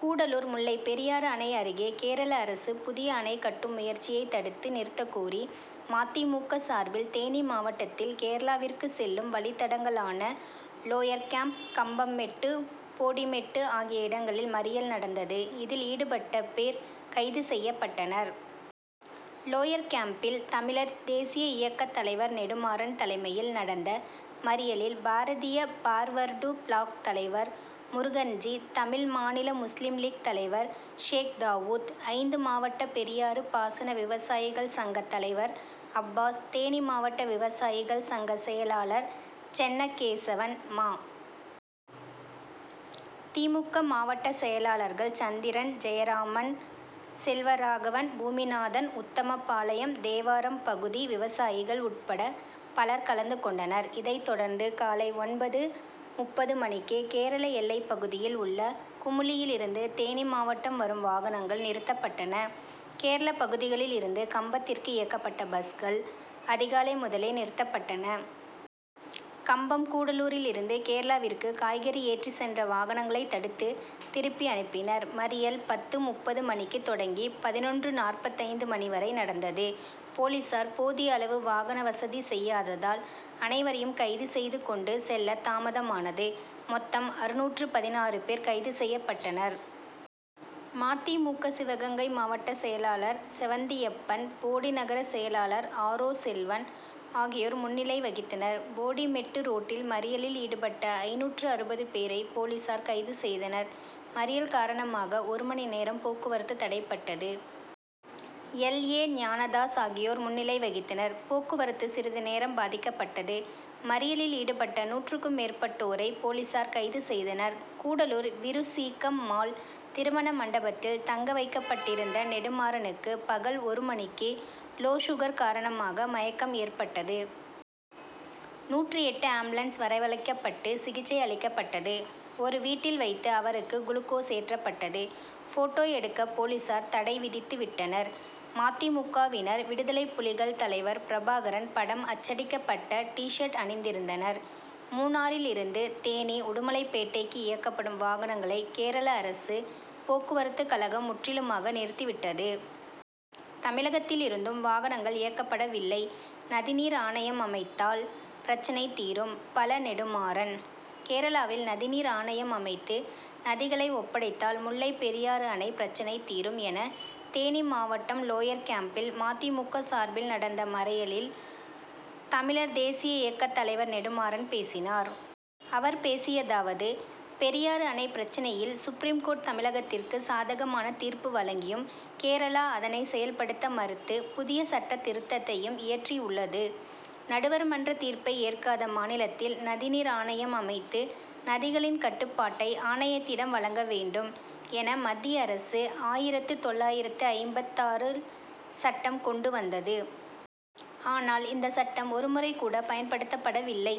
கூடலூர் முல்லை பெரியாறு அணை அருகே கேரள அரசு புதிய அணை கட்டும் முயற்சியை தடுத்து நிறுத்தக்கோரி ம. தி. மு. க., சார்பில் தேனி மாவட்டத்தில் கேரளாவிற்கு செல்லும் வழித்தடங்களான லோயர்கேம்ப், கம்பம் மெட்டு, போடி மெட்டு ஆகிய இடங்களில் மறியல் நடந்தது. இதில் ஈடுபட்ட பேர் கைது செய்யப்பட்டனர். லோயர்கேம்ப்பில் தமிழர் தேசிய இயக்க தலைவர் நெடுமாறன் தலைமையில் நடந்த மறியலில் பாரதிய பார்வர்டு பிளாக் தலைவர் முருகன்ஜி, தமிழ்மாநில முஸ்லிம் லீக் தலைவர் ஷேக்தாவூத், ஐந்து மாவட்ட பெரியாறு பாசன விவசாயிகள் சங்க தலைவர் அப்பாஸ், தேனி மாவட்ட விவசாயிகள் சங்க செயலாளர் சென்ன கேசவன், ம. தி. மு. க., மாவட்ட செயலாளர்கள் சந்திரன், ஜெயராமன், செல்வராகவன், பூமிநாதன், உத்தமபாளையம், தேவாரம் பகுதி விவசாயிகள் உட்பட பலர் கலந்துகொண்டனர். இதை தொடர்ந்து காலை ஒன்பது.முப்பது மணிக்கே கேரள எல்லைப்பகுதியில் உள்ள குமுளியில் இருந்து தேனி மாவட்டம் வரும் வாகனங்கள் நிறுத்தப் பட்டன. கேரள பகுதிகளில் இருந்து கம்பத்திற்கு இயக்கப்பட்ட பஸ்கள் அதிகாலை முதலே நிறுத்தப்பட்டன. கம்பம், கூடலூரில் இருந்து கேரளாவிற்கு காய்கறி ஏற்றிச் சென்ற வாகனங் களை தடுத்து திருப்பி அனுப்பினர். மறியல் பத்து.முப்பது மணிக்கு தொடங்கி பதினொன்று.நாற்பத்தைந்து மணி வரை நடந்தது. போலீசார் போதிய அளவு வாகன வசதி செய்யாததால், அனைவரையும் கைது செய்து கொண்டு செல்ல தாமதமானது. மொத்தம் அறுநூற்று பதினாறு பேர் கைது செய்யப்பட்டனர். ம. தி. மு. க., சிவகங்கை மாவட்டசெயலாளர் செவந்தியப்பன், போடி நகர செயலாளர் ஆரோ செல்வன் ஆகியோர் முன்னிலை வகித்தனர். போடி மெட்டு ரோட்டில் மறியலில் ஈடுபட்ட ஐந்நூற்று அறுபது பேரை போலீசார் கைது செய்தனர். மறியல் காரணமாக ஒரு மணி நேரம் போக்குவரத்து தடைபட்டது. எல். ஏ. ஞானதாஸ் ஆகியோர் முன்னிலை வகித்தனர். போக்குவரத்து சிறிது நேரம் பாதிக் கப்பட்டது. மறியலில் ஈடுபட்ட நூற்றுக்கும் மேற்பட்டோரை போலீசார்கைது செய்தனர். கூடலூர் வீருசிக்கம் மாள் திருமண மண்டபத்தில் தங்க வைக்கப்பட் டிருந்த நெடுமாறனுக்கு பகல் ஒரு மணிக்கு, லோ சுகர்' காரணமாக மயக்கம் ஏற்பட்டது. நூற்று எட்டு ஆம்புலன்ஸ் வரவழைக்கப்பட்டு சிகிச்சை அளிக்க பட்டது. ஒரு வீட்டில் வைத்து அவருக்கு குளுகோஸ் ஏற்றப்பட்டது. போட்டோ எடுக்க போலீசார் தடைவிதித்துவிட்டனர். ம. தி. மு. க.,வினர் விடுதலைப்புலிகள் தலைவர் பிரபாகரன் படம் அச்சடிக்கப்பட்ட டி'சர்ட் அணிந்திருந்தனர். மூணாறிலிருந்து தேனி, உடுமலைப் பேட்டைக்கு இயக்கப்படும் வாகனங்களை கேரள அரசு போக்குவரத்து கழகம் முற்றிலுமாக நிறுத்திவிட்டது. தமிழகத் திலிருந்தும் வாகனங்கள் இயக்கப்படவில்லை. நதிநீர் ஆணையம் அமைத்தால் பிரச்னை தீரும்:பழ. நெடுமாறன்: கேரளாவில் நதிநீர் ஆணையம் அமைத்து நதிகளை ஒப்படைத்தால் முல்லை பெரியாறு அணை பிரச்னை தீரும்'', என தேனி மாவட்டம் லோயர்கேம்பில் ம. தி. மு. க., சார்பில் நடந்த மறியலில் தமிழர் தேசிய இயக்க தலைவர் நெடுமாறன் பேசினார். அவர் பேசியதாவது: பெரியாறு அணை பிரச்னையில் சுப்ரீம்கோர்ட் தமிழகத்திற்கு சாதகமான தீர்ப்பு வழங்கியும், கேரளா அதனை செயல்படுத்த மறுத்து புதிய சட்ட திருத்தத்தையும் இயற்றி உள்ளது. நடுவர் மன்ற தீர்ப்பை ஏற்காத மாநிலத்தில் நதிநீர் ஆணையம் அமைத்து நதிகளின் கட்டுப்பாட்டை ஆணையத்திடம் வழங்க வேண்டும் என மத்திய அரசு ஆயிரத்து தொள்ளாயிரத்து ஐம்பத்தாறு ல் சட்டம் கொண்டு வந்தது. ஆனால் இந்த சட்டம் ஒருமுறை கூட பயன்படுத்தப் படவில்லை.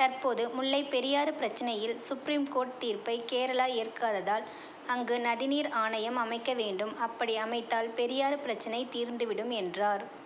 தற்போது முல்லைபெரியாறு பிரச்னையில் சுப்ரீம் கோர்ட் தீர்ப்பை கேரளா ஏற்காததால், அங்கு நதிநீர் ஆணையம் அமைக்க வேண்டும். அப்படி அமைத்தால் பெரியாறு பிரச்னை தீர்ந்து விடும் என்றார்.